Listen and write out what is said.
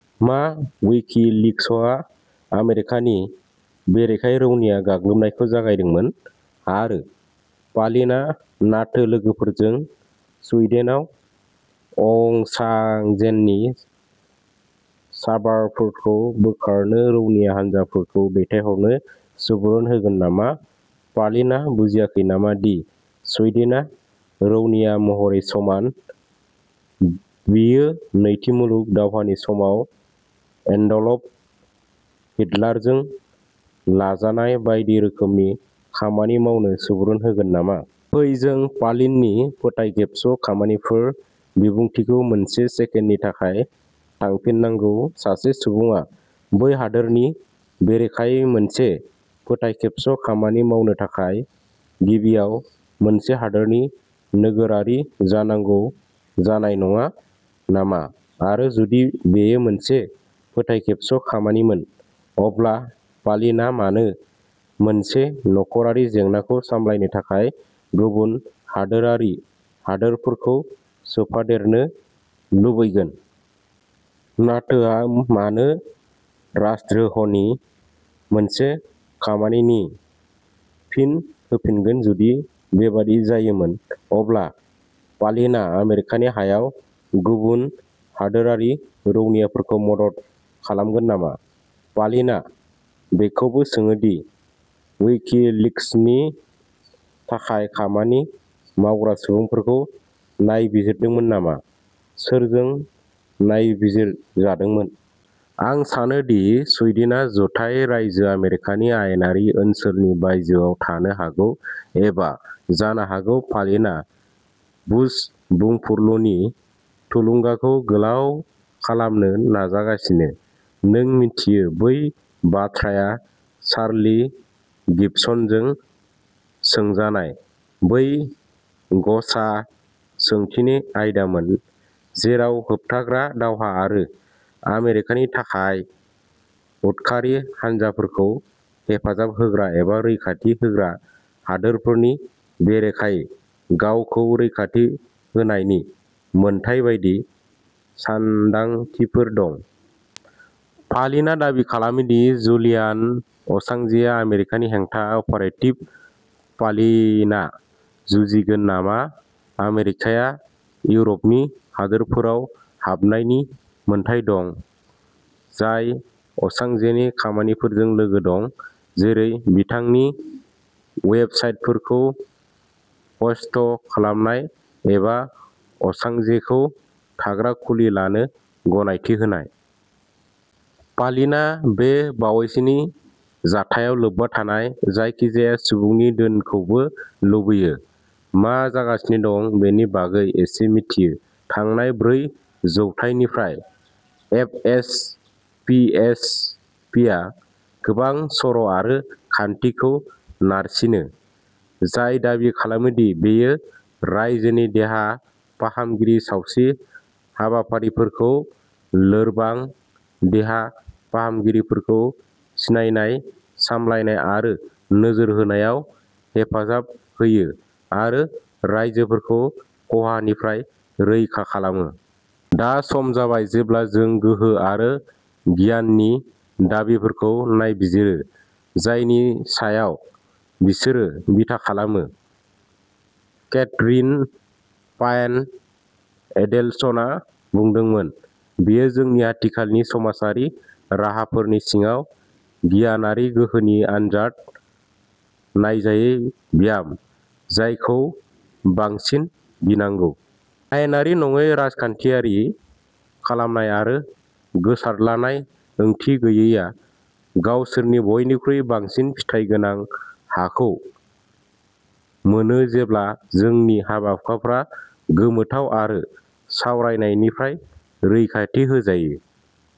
मा विकिलिक्सआ आमेरिकानि बेरेखायै रौनिया गाग्लोबनायखौ जागायदोंमोन, आरो पालिनआ नाटो लोगोफोरखौ स्वीडेनआव असांजेनि सार्भारफोरखौ बोखारनो रौनिया हानजाफोरखौ दैथायहरनो सुबुरुन होगोन नामा? पालिनआ बुजियाखै नामा दि स्वीडेनआ रौनिया महरै समान? बियो नैथि मुलुग दावहानि समाव एडल्फ हिटलारजों लाजानाय बायदि रोखोमनि खामानि मावनो सुबुरुन होगोन नामा? फै जों पालिननि "फोथायखेबस'खामानिफोर" बिबुंथिखौ मोनसे सेकेन्डनि थाखाय थांफिननांगौ। सासे सुबुङा बै हादोरनि बेरेखायै मोनसे फोथायखेबस'खामानि मावनो थाखाय गिबियाव मोनसे हादोरनि नोगोरारि जानांगौ जानाय नङा नामा, आरो जुदि बेयो मोनसे फोथायखेबस'खामानिमोन, अब्ला पालिनआ मानो मोनसे नखरारि जेंनाखौ सामलायनो थाखाय गुबुन हादोरारि हादोरफोरखौ सोफादेरनो लुबैगोन? नाटोआ मानो राजद्रोहनि मोनसे खामानिनि फिन होफिनगोन? जुदि बेबादि जायोमोन, अब्ला पालिनआ आमेरिकानि हायाव गुबुन हादोरारि रौनियाफोरखौ मदद खालामगोन नामा? पालिनआ बेखौबो सोङो दि विकिलिक्सनि थाखाय खामानि मावग्रा सुबुंफोरखौ नायबिजिरदोंमोन नामा? सोरजों नायबिजिरजादोंमोन? आं सानोदि सुइडेनआ जुथाइ रायजो आमेरिकानि आयेनारि ओनसोलनि बायजोआव थानो हागौ, एबा जानो हागौ पालिनआ बुश बुंफुरलुनि थुलुंगाखौ गोलाव खालामनो नाजागासिनो-नों मिथियो, बै बाथ्राया चार्ली गिब्सनजों सोंजानाय बै "ग'चा" सोंथिनि आयदामोन, जेराव होबथाग्रा दावहा आरो आमेरिकानि थाखाय उदखारि हानजाफोरखौ हेफाजाब होग्रा एबा रैखाथि होग्रा हादोरफोरनि बेरेखायै गावखौ रैखाथि होनायनि मोन्थाइ बायदि सानदांथिफोर दं। पालिनआ दाबि खालामो दि जुलियान असांजेआ आमेरिकानि हेंथा अपारेटिभ, पालिनआ जुजिगोन नामा आमेरिकाया इउर'पनि हादोरफोराव हाबनायनि मोन्थाइ दं जाय असांजेनि खामानिफोरजों लोगो दं, जेरै, बिथांनि वेबसाइटफोरखौ ह'स्ट खालामनाय एबा असांजेखौ थाग्रा खुलि लानो गनायथि होनाय? पालिनआ बे बावैसोनि जाथायाव लोब्बा थानाय जायखिजाया सुबुंनि धोनखौबो लुबैयो। मा जागासिनो दं बेनि बागै एसे मिथियो। थांनाय ब्रै जौथाइनिफ्राय एफएसपीएचपीआ गोबां सर'आरो खान्थि खौ नारसिनो, जाय दाबि खालामो दि बेयो रायजोनि देहा फाहामगिरि सावस्रि हाबाफारिफोरखौ लोरबां देहा फाहामगिरिफोरखौ सिनायनाय, सामलायनाय आरो नोजोर होनायाव हेफाजाब होयो आरो राइजोफोरखौ खहानिफ्राय रैखा खालामो। दा सम जाबाय जेब्ला जों गोहो आरो गियाननि दाबिफोरखौ नायबिजिरो, जायनि सायाव बिसोरो बिथा खालामो। केथरिन पाइन एडेलसनआ बुंदोंमोनः "बेयो जोंनि आथिखालनि समाजारि राहाफोरनि सिङाव गियानारि गोहोनि आनजाद नायजायै ब्याम, जायखौ बांसिन गिनांगौ। आयेनारि नङै राजखान्थियारि खालामनाय आरो गोसारद्लानाय ओंथि गैयैआ गावसोरनि बयनिख्रुइ बांसिन फिथाइ गोनां हाखौ मोनो जेब्ला जोंनि हाबा-हुखाफोरा गोमोथाव आरो सावरायनायनिफ्राय रैखाथि होजायो।